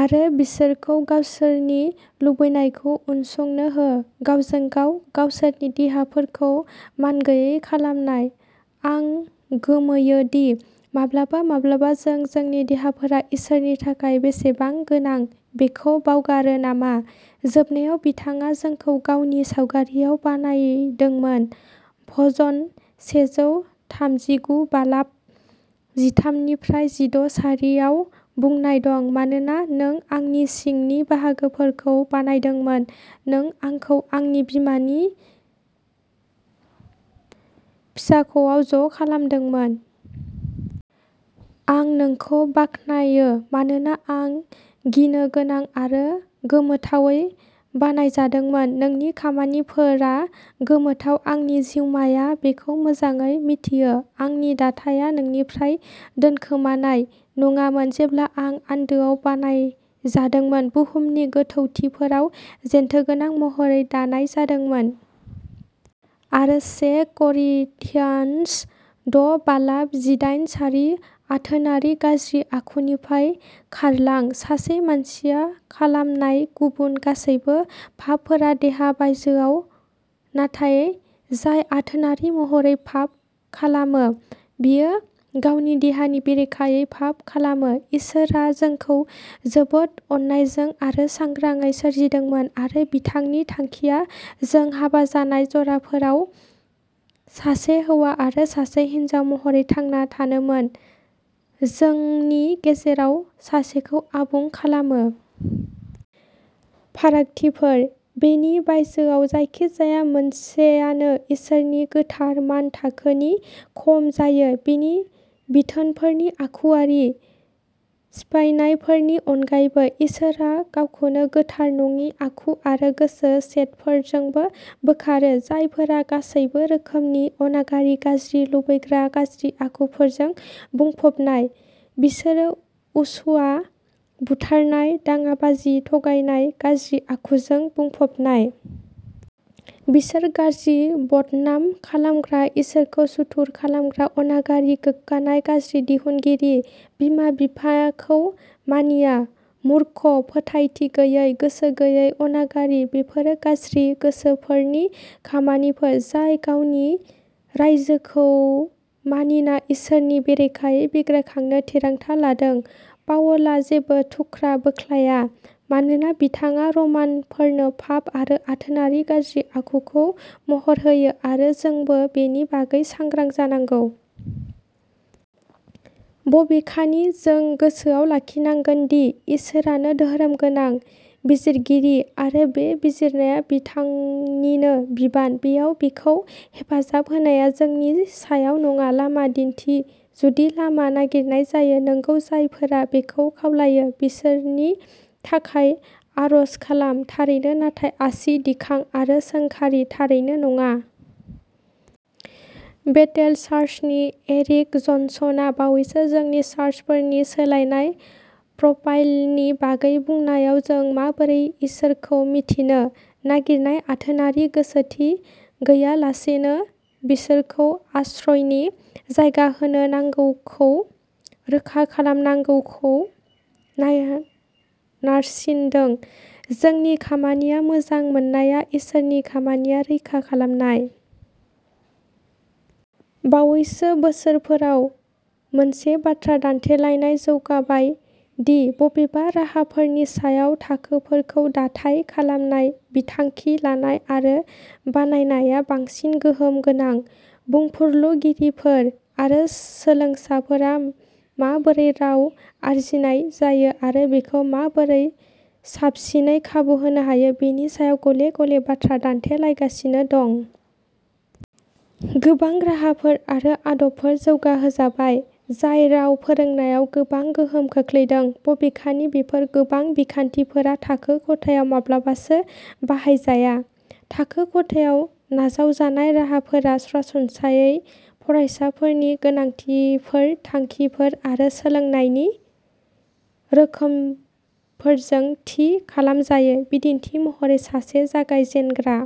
आरो बिसोरखौ गावसोरनि लुबैनायखौ उनसंनो हो गावजों गाव गावसोरनि देहाफोरखौ मानगैयै खालामनाय। आं गोमोयो दि माब्लाबा माब्लाबा जों जोंनि देहाफोरा इसोरनि थाखाय बेसेबां गोनां बेखौ बावगारो नामा? जोबनायाव बिथाङा जोंखौ गावनि सावगारिआव बानायदोंमोन भजन सेजौ थामजिगु बालाब जिथामनिफ्राइ जिद’ सारि आव बुंनाय दं मानोना नों आंनि सिंनि बाहागोफोरखौ बानायदोंमोन नों आंखौ आंनि बिमानि फिसाख'आव ज' खालामदोंमोन। आं नोंखौ बाख्नायो, मानोना आं गिनो गोनां आरो गोमोथावै बानायजादोंमोन। नोंनि खामानिफोरा गोमोथाव आंनि जिउमाया बेखौ मोजाङैनो मिथियो। आंनि दाथाया नोंनिफ्राय दोनखोमानाय नङामोन जेब्ला आं आन्दोआव बानायजादोंमोन, बुहुमनि गोथौथिफोराव जेथोगोनां महरै दानाय जादोंमोन'। आरो से करिन्थियान्स द’ बालाब जिदाइन सारि आथोनारि गाज्रि आखुनिफ्राय खारलां। सासे मानसिया खालामनाय गुबुन गासैबो पापफोरा देहानि बायजोआव, नाथाय जाय आथोनारि महरै पाप खालामो, बियो गावनि देहानि बेरेखायै फाफ खालामो। इसोरआ जोंखौ जोबोद अननायजों आरो सांग्राङै सोरजिदोंमोन आरो बिथांनि थांखिया जों हाबा जानाय जराफोराव सासे हौवा आरो सासे हिनजाव महरै थांना थानोमोन, जोंनि गेजेराव सासेखौ आबुं खालामो। फारागथिफोर। बेनि बायजोआव जायखिजाया मोनसेआनो इसोरनि गोथार मानथाखोनि खम जायो। बिनि बिथोनफोरनि आखुयारि सिफायनायफोरनि अनगायैबो, इसोरआ गावखौ गोथार नङि आखु आरो गोसो सेटफोरजोंबो बोखारो, जायफोरा'गासैबो रोखोमनि अनागारि, गाज्रि, लुबैग्रा, गाज्रि आखुफोरजों बुंफबनाय। बिसोर असुया, बुथारनाय, दाङाबाजि, थगायनाय, गाज्रि आखुजों बुंफबनाय। बिसोर गासिबो, बदनाम खालामग्रा, इसोरखौ सुथुर खालामग्रा, अनागारि, गोग्गानाय, गाज्रिनि दिहुनगिरि बिमा-बिफाखौ मानिया, मुर्ख फोथायथि गैयै, गोसो गैयै, अनागारि। बेफोरो गाज्रि गोसोफोर'नि खामानिफोर जाय गावनि रायजोखौ मानिना इसोरनि बेरेखायै बिग्रायखांनो थिरांथा लादों। पाउलआ जेबो थुख्रा बोख्लाया मानोना बिथाङा रमानफोरनो पाप आरो आथोनारि गाज्रि आखुखौ महर होयो आरो जोंबो बेनि बागै सांग्रां जानांगौ। बबेखानि, जों गोसोआव लाखिनांगोन दि इसोरानो धोरोमगोनां बिजिरगिरि आरो बे बिजिरनाया बिथांनिनो बिबान। बेयाव बिखौ हेफाजाब होनाया जोंनि सायाव नङा लामा दिन्थि जुदि लामा नागिरनाय जायो नंगौ जायफोरा बेखौ खावलायो, बिसोरनि थाखाय आर'ज खालाम थारैनो नाथाय आसि दिखां आरो सोंखारि थारैनो नङा। बेथेल चार्चनि एरिक जनसनआ, बावैसो जोंनि चार्चफोरनि सोलायनाय प्रफाइलनि बागै बुंनायाव, जों माबोरै इसोरखौ मिन्थिनो नागिरनाय आथोनारि गोसोथि गैयालासेनो, बिसोरखौ आश्रयनि जायगा होनो नांगौखौ रोखा खालामनांगौखौ नारसिनदों। जोंनि खामानिया मोजां मोननाया, इसोरनि खामानिया रैखा खालामनाय। बावैसो बोसोरफोराव मोनसे बाथ्रा दान्थेलायनाय जौगाबाय दि बबे राहाफोरनि सायाव थाखोफोरखौ दाथाय खालामनाय, बिथांखि लानाय आरो बाहायनाया बांसिन गोहोम गोनां। बुंफुरलुगिरिफोर आरो सोलोंसाफोरा माबोरै राव आरजिनाय जायो आरो बेखौ माबोरै साबसिनै खाबु होनो हायो बेनि सायाव गले गले बाथ्रा दान्थेलायगासिनो दं। गोबां राहाफोर आरो आदबफोर जौगाहोजाबाय जाय राव फोरोंनायाव गोबां गोहोम खोख्लैदों, बबेखानि बेफोर गोबां बिखान्थिफोरा थाखो खथायाव माब्लाबासो बाहायजाया। थाखो खथायाव नाजावजानाय राहाफोरा सरासनस्रायै फरायसाफोरनि गोनांथिफोर, थांखिफोर आरो सोलोंनायनि रोखोमफोरजों थि खालामजायो। बिदिन्थि महरै सासे जागायजेनग्रा।